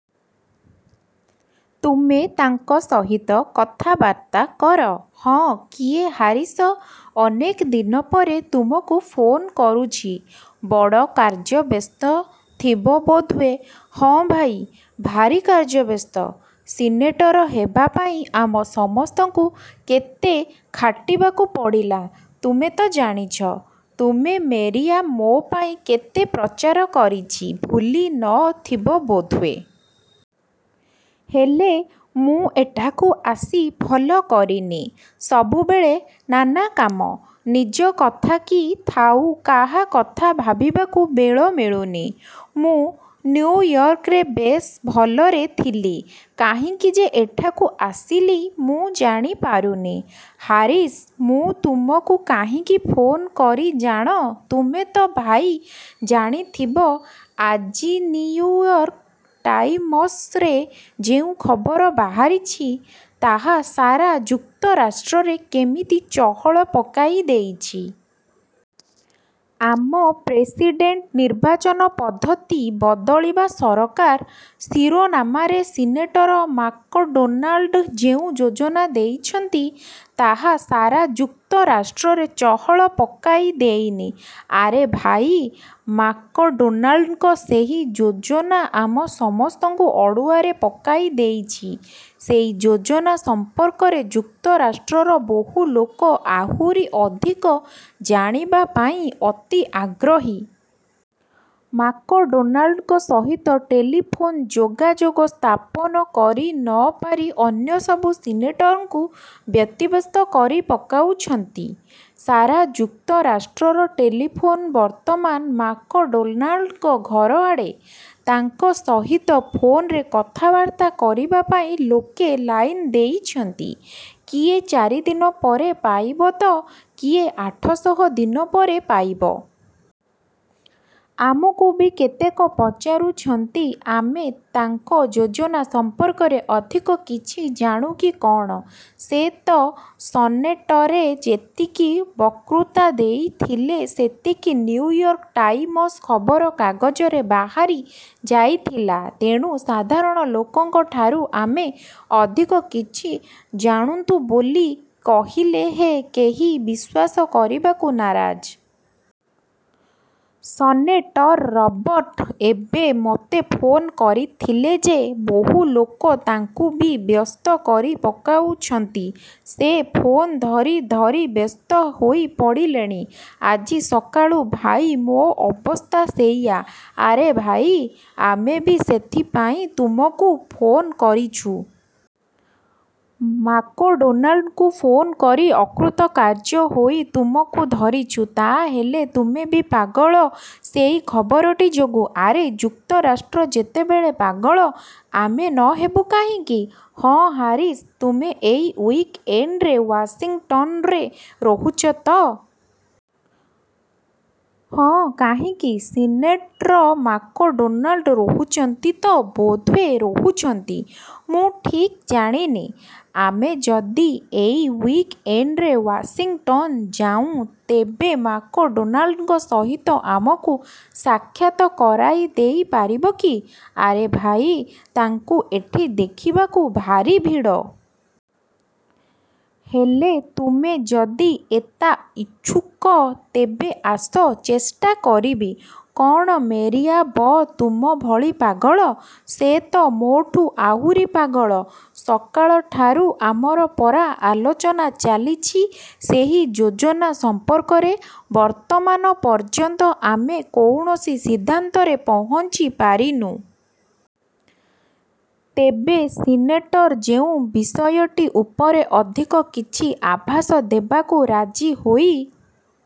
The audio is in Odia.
ତୁମେ ତାଙ୍କ ସହିତ କଥାବାର୍ତ୍ତା କର। ହଁ କିଏ ହାରିସ, ଅନେକ ଦିନ ପରେ ତୁମକୁ ଫୋନ୍ କରୁଛି। ବଡ଼ କାର୍ଯ୍ୟବ୍ୟସ୍ତ ଥିବ ବୋଧହୁଏ। ହଁ ଭାଇ, ଭାରି କାର୍ଯ୍ୟବ୍ୟସ୍ତ। ସିନେଟର ହେବାପାଇଁ ଆମ ସମସ୍ତଙ୍କୁ କେତେ ଖାଟିବାକୁ ପଡ଼ିଲା, ତୁମେ ତ ଜାଣିଛ। ତୁମେ, ମେରିଆ ମୋ ପାଇଁ କେତେ ପ୍ରଚାର କରିଛି, ଭୁଲି ନ ଥିବ ବୋଧହୁଏ। ହେଲେ ମୁଁ ଏଠାକୁ ଆସି ଭଲ କରିନି। ସବୁବେଳେ ନାନା କାମ। ନିଜ କଥା କି ଥାଉ କାହା କଥା ଭାବିବାକୁ ବେଳ ମିଳୁନି। ମୁଁ ନିଉୟର୍କରେ ବେଶ ଭଲରେ ଥିଲି। କାହିଁକି ଯେ ଏଠାକୁ ଆସିଲି, ମୁ ଜାଣି ପାରୁନି। ହାରିସ୍, ମୁଁ ତୁମକୁ କାହିଁକି ଫୋନ୍ କରି ଜାଣ' ତୁମେ ତ ଭାଇ ଜାଣି ଥିବ ଆଜିନିଉୟର୍କ ଟାଇମସରେ ଯେଉଁ ଖବର ବାହାରିଛି, ତାହା ସାରା ଯୁକ୍ତରାଷ୍ଟ୍ରରେ କେମିତି ଚହଳ ପକାଇ ଦେଇଛି। ଆମ ପ୍ରେସିଡେଣ୍ଟନିର୍ବାଚନ ପଦ୍ଧତି ବଦଳିବା ସରକାର,' ଶିରୋନାମାରେ ସିନେଟର ମାକଡୋନାଲଡ୍ ଯେଉଁ ଯୋଜନା ଦେଇଛନ୍ତି, ତାହା ସାରା ଯୁକ୍ତରାଷ୍ଟ୍ରରେ ଚହଳ ପକାଇ ଦେଇନି? ଆରେ ଭାଇ, ମାକଡୋନାଲ୍ଡଙ୍କ ସେହି ଯୋଜନା ଆମ ସମସ୍ତଙ୍କୁ ଅଡ଼ୁଆରେ ପକାଇ ଦେଇଛି। ସେଇ ଯୋଜନା ସମ୍ପର୍କରେ ଯୁକ୍ତରାଷ୍ଟ୍ରର ବହୁ ଲୋକ ଆହୁରି ଅଧିକ ଜାଣିବା ପାଇଁ ଅତି ଆଗ୍ରହୀ। ମାକଡୋନାଲ୍ଡଙ୍କ ସହିତ ଟେଲିଫୋନ୍ ଯୋଗାଯୋଗ ସ୍ଥାପନ କରି ନପାରି ଅନ୍ୟ ସବୁ ସିନେଟରଙ୍କୁ ବ୍ୟତିବ୍ୟସ୍ତ କରି ପକାଉଛନ୍ତି। ସାରା ଯୁକ୍ତରାଷ୍ଟ୍ରର ଟେଲିଫୋନ୍ ବର୍ତ୍ତମାନ ମାକ ଡୋନାଲ୍ଡଙ୍କ ଘର ଆଡ଼େ। ତାଙ୍କ ସହିତ ଫୋନରେ କଥାବାର୍ତ୍ତା କରିବା ପାଇଁ ଲୋକେ ଲାଇନ୍ ଦେଇଛନ୍ତି। କିଏ ଚାରିଦିନ ପରେ ପାଇବ ତ କିଏ ଆଠଦଶ ଦିନ ପରେ ପାଇବ। ଆମକୁ ବି କେତେକ ପଚାରୁଛନ୍ତି, ଆମେ ତାଙ୍କ ଯୋଜନା ସମ୍ପର୍କରେ ଅଧିକ କିଛି ଜାଣୁ କି' କ'ଣ? ସେ ତ ସନେଟରେ ଯେତିକି ବକୃତା ଦେଇଥିଲେ ସେତିକି ନିଉୟର୍କ ଟାଇମସ୍ ଖବର କାଗଜରେ ବାହାରି ଯାଇଥିଲା। ତେଣୁ ସାଧାରଣ ଲୋକଙ୍କଠାରୁ ଆମେ ଅଧିକ କିଛି ଜାଣୁନ୍ତୁ ବୋଲି କହିଲେ ହେ କେହି ବିଶ୍ୱାସ କରିବାକୁ ନାରାଜ। ସନେଟର୍ ରବର୍ଟ ଏବେ ମୋତେ ଫୋନ୍ କରିଥିଲେ ଯେ ବହୁ ଲୋକ ତାଙ୍କୁ ବି ବ୍ୟସ୍ତ କରି ପକାଉଛନ୍ତି। ସେ ଫୋନ୍ ଧରି ଧରି ବ୍ୟସ୍ତ ହୋଇ ପଡ଼ିଲେଣି। ଆଜି ସକାଳୁ ଭାଇ ମୋ ଅବସ୍ଥା ସେଇଆ। ' 'ଆରେ ଭାଇ, ଆମେ ବି ସେଥିପାଇଁ ତୁମକୁ ଫୋନ୍ କରିଛୁ। ମାକ୍ଡୋନାଲଡଙ୍କୁ ଫୋନ୍ କରି ଅକୃତକାର୍ଯ୍ୟ ହୋଇ ତୁମକୁ ଧରିଛୁ। ତା ହେଲେ ତୁମେ ବି ପାଗଳ ସେଇ ଖବରଟି ଯୋଗୁଁ। ଆରେ, ଯୁକ୍ତରାଷ୍ଟ୍ର ଯେତେବେଳେ ପାଗଳ, ଆମେ ନ ହେବୁ କାହିଁକି? ହଁ, ହାରିସ୍, ତୁମେ ଏଇ ଉଇକ୍ ଏଣ୍ଡରେ ୱାସିଙ୍ଗଟନ୍ରେ ରହୁଛ ତ? ହଁ, କାହିଁକି? ସିନେଟର୍ ମାକଡୋନାଲଡ୍ ରହୁଛନ୍ତି ତ? ବୋଧେ ହୁଏ, ରହୁଛନ୍ତି, ମୁଁ ଠିକ୍ ଜାଣିନି। ଆମେ ଯଦି ଏଇ ଉଇକଏଣ୍ଡରେ ୱାସିଙ୍ଗଟନ୍ ଯାଉଁ ତେବେ ମାକଡୋନଲ୍ଡଙ୍କ ସହିତ ଆମକୁ ସାକ୍ଷାତ କରାଇ ଦେଇ ପାରିବ କି? 'ଆରେ ଭାଇ, ତାଙ୍କୁ ଏଠି ଦେଖିବାକୁ ଭାରି ଭିଡ଼। ହେଲେ ତୁମେ ଯଦି ଏତା ଇଛୁକ, ତେବେ ଆସ, ଚେଷ୍ଟା କରିବି। କ'ଣ ମେରିଆ ବ ତୁମ ଭଳି ପାଗଳ? ସେ ତ ମୋଠୁ ଆହୁରି ପାଗଳ। ସକାଳଠାରୁ ଆମର ପରା ଆଲୋଚନା ଚାଲିଛି, ସେହି ଯୋଜନା ସମ୍ପର୍କରେ। ବର୍ତ୍ତମାନ ପର୍ଯ୍ୟନ୍ତ ଆମେ କୌଣସି ସିଦ୍ଧାନ୍ତରେ ପହଞ୍ଚି ପାରିନୁ। ତେବେ ସିନେଟର ଯେଉଁ ବିଷୟଟି ଉପରେ ଅଧିକ କିଛି ଆଭାଷ ଦେବାକୁ ରାଜି ହୋଇ